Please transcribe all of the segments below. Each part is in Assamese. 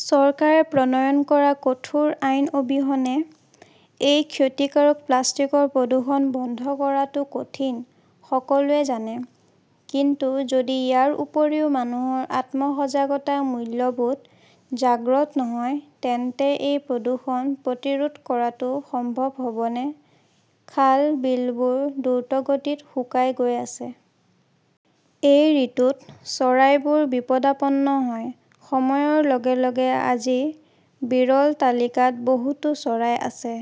চৰকাৰে প্ৰণয়ন কৰা কঠোৰ আইন অবিহনে এই ক্ষতিকাৰক প্লাষ্টিকৰ প্ৰদূষণ বন্ধ কৰাটো কঠিন, সকলোৱে জানে। কিন্তু যদি ইয়াৰ উপৰিও মানুহৰ আত্ম-সজাগতা, মূল্যবোধ জাগ্ৰত নহয়, তেন্তে এই প্ৰদূষণ প্ৰতিৰোধ কৰাটো সম্ভৱ হ'বনে? খাল, বিলবোৰ দ্ৰুতগতিত শুকাই গৈ আছে। এই ঋতুত চৰাইবোৰ বিপদাপন্ন হয়। সময়ৰ লগে লগে আজি বিৰল তালিকাত বহুতো চৰাই আছে।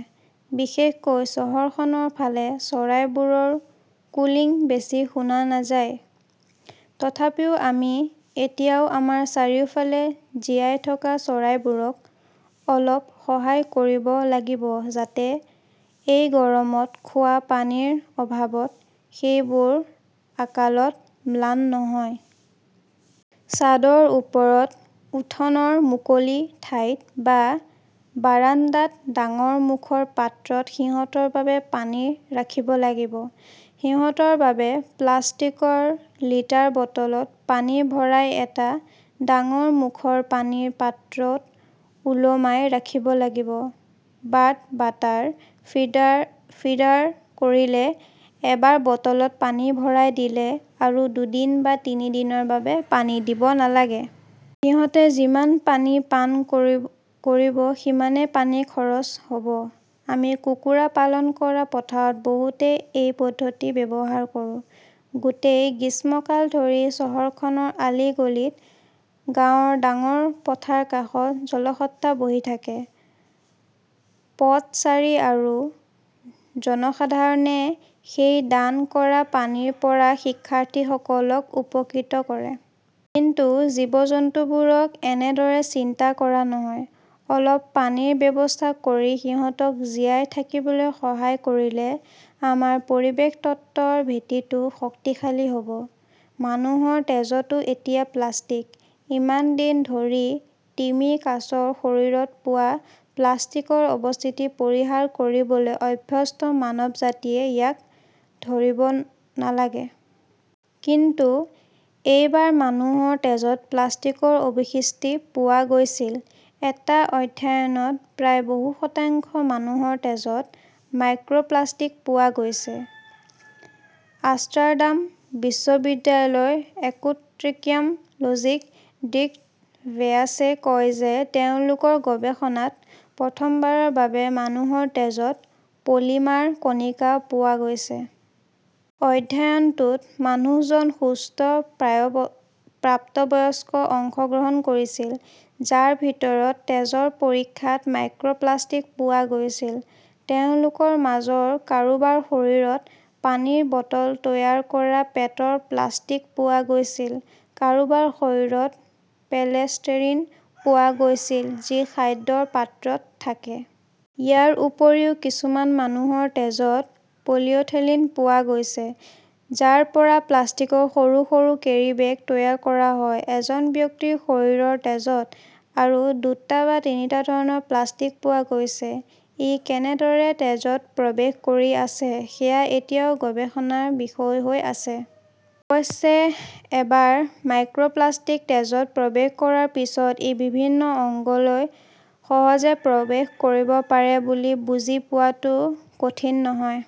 বিশেষকৈ চহৰখনৰ ফালে চৰাইবোৰৰ কোল্টিং বেছি শুনা নাযায়। তথাপিও আমি এতিয়াও আমাৰ চাৰিওফালে জীয়াই থকা চৰাইবোৰক অলপ সহায় কৰিব লাগিব যাতে এই গৰমত খোৱা পানীৰ অভাৱত সেইবোৰ অকালত ম্লান নহয়। ছাদৰ ওপৰত, উঠোনৰ মুকলি ঠাইত বা বাৰাণ্ডাত ডাঙৰ মুখৰ পাত্ৰত সিহঁতৰ বাবে পানী ৰাখিব লাগিব। সিহঁতৰ বাবে প্লাষ্টিকৰ লিটাৰ বটলত পানী ভৰাই এটা ডাঙৰ মুখৰ পানীৰ পাত্ৰত ওলমাই ৰাখিব লাগিব। বাৰ্ড ৱাটাৰ ফিডাৰ কৰিলে এবাৰ বটলত পানী ভৰাই দিলে আৰু দুদিন বা তিনি দিনৰ বাবে পানী দিব নালাগে। সিহঁতে যিমান পানী পান কৰিব সিমানেই পানী খৰচ হ'ব। আমি কুকুৰা পালন কৰা পথাৰত বহুতে এই পদ্ধতি ব্যৱহাৰ কৰো। গোটেই গ্ৰীষ্মকাল ধৰি চহৰখনৰ অলি গলিত, গাঁৱৰ ডাঙৰ পথৰ কাষত জলসাট্ৰা বহি থাকে। পথচাৰী আৰু জনসাধাৰণে সেই দান কৰা পানীৰ পৰা শিক্ষাৰ্থীসকলক উপকৃত কৰে। কিন্তু জীৱ-জন্তুবোৰক এনেদৰে চিন্তা কৰা নহয়। অলপ পানীৰ ব্যৱস্থা কৰি সিহঁতক জীয়াই থাকিবলৈ সহায় কৰিলে আমাৰ পৰিৱেশ তন্ত্ৰৰ ভেটিটো শক্তিশালী হ'ব। মানুহৰ তেজতো এতিয়া প্লাষ্টিক। ইমান দিন ধৰি তিমি, কাছৰ শৰীৰত পোৱা প্লাষ্টিকৰ অৱশিষ্ট পৰিহাৰ কৰিবলৈ অভ্যস্ত মানৱজাতিয়ে ইয়াক ধৰিব নালাগে। কিন্তু এইবাৰ মানুহৰ তেজত প্লাষ্টিকৰ অৱশিষ্ট পোৱা গৈছিল। এটা অধ্যয়নত প্ৰায় বহু‌ শতাংশ মানুহৰ তেজত মাইক্ৰপ্লাষ্টিক পোৱা গৈছে। আমষ্টাৰডাম বিশ্ববিদ্যালয়ৰ ইকোটক্সিক'লজিষ্ট ডিক ভেথাচে কয় যে তেওঁলোকৰ গৱেষণাত প্ৰথমবাৰৰ বাবে মানুহৰ তেজত পলিমাৰ কণিকা পোৱা গৈছে। অধ্যয়নটোত মানুহজন সুস্থ প্ৰাপ্তবয়স্ক অংশগ্ৰহণ কৰিছিল, যাৰ ভিতৰত তেজৰ পৰীক্ষাত মাইক্ৰপ্লাষ্টিক পোৱা গৈছিল। তেওঁলোকৰ মাজৰ কাৰোবাৰ শৰীৰত পানীৰ বটল তৈয়াৰ কৰা পেটৰ প্লাষ্টিক পোৱা গৈছিল, কাৰোবাৰ শৰীৰত পোলেষ্টেৰিন পোৱা গৈছিল, যি খাদ্যৰ পাত্ৰত থাকে। ইয়াৰ উপৰিও কিছুমান মানুহৰ তেজত পলিইথাইলিন পোৱা গৈছে, যাৰ পৰা প্লাষ্টিকৰ সৰু সৰু কেৰী বেগ তৈয়াৰ কৰা হয়। এজন ব্যক্তিৰ শৰীৰৰ তেজত আৰু দুটা বা তিনিটা ধৰণৰ প্লাষ্টিক পোৱা গৈছে। ই কেনেদৰে তেজত প্ৰৱেশ কৰি আছে সেয়া এতিয়াও গৱেষণাৰ বিষয় হৈ আছে। অৱশ্যে, এবাৰ মাইক্ৰপ্লাষ্টিক তেজত প্ৰৱেশ কৰাৰ পিছত, ই বিভিন্ন অংগলৈ সহজে প্ৰৱেশ কৰিব পাৰে বুলি বুজি পোৱাটো কঠিন নহয়।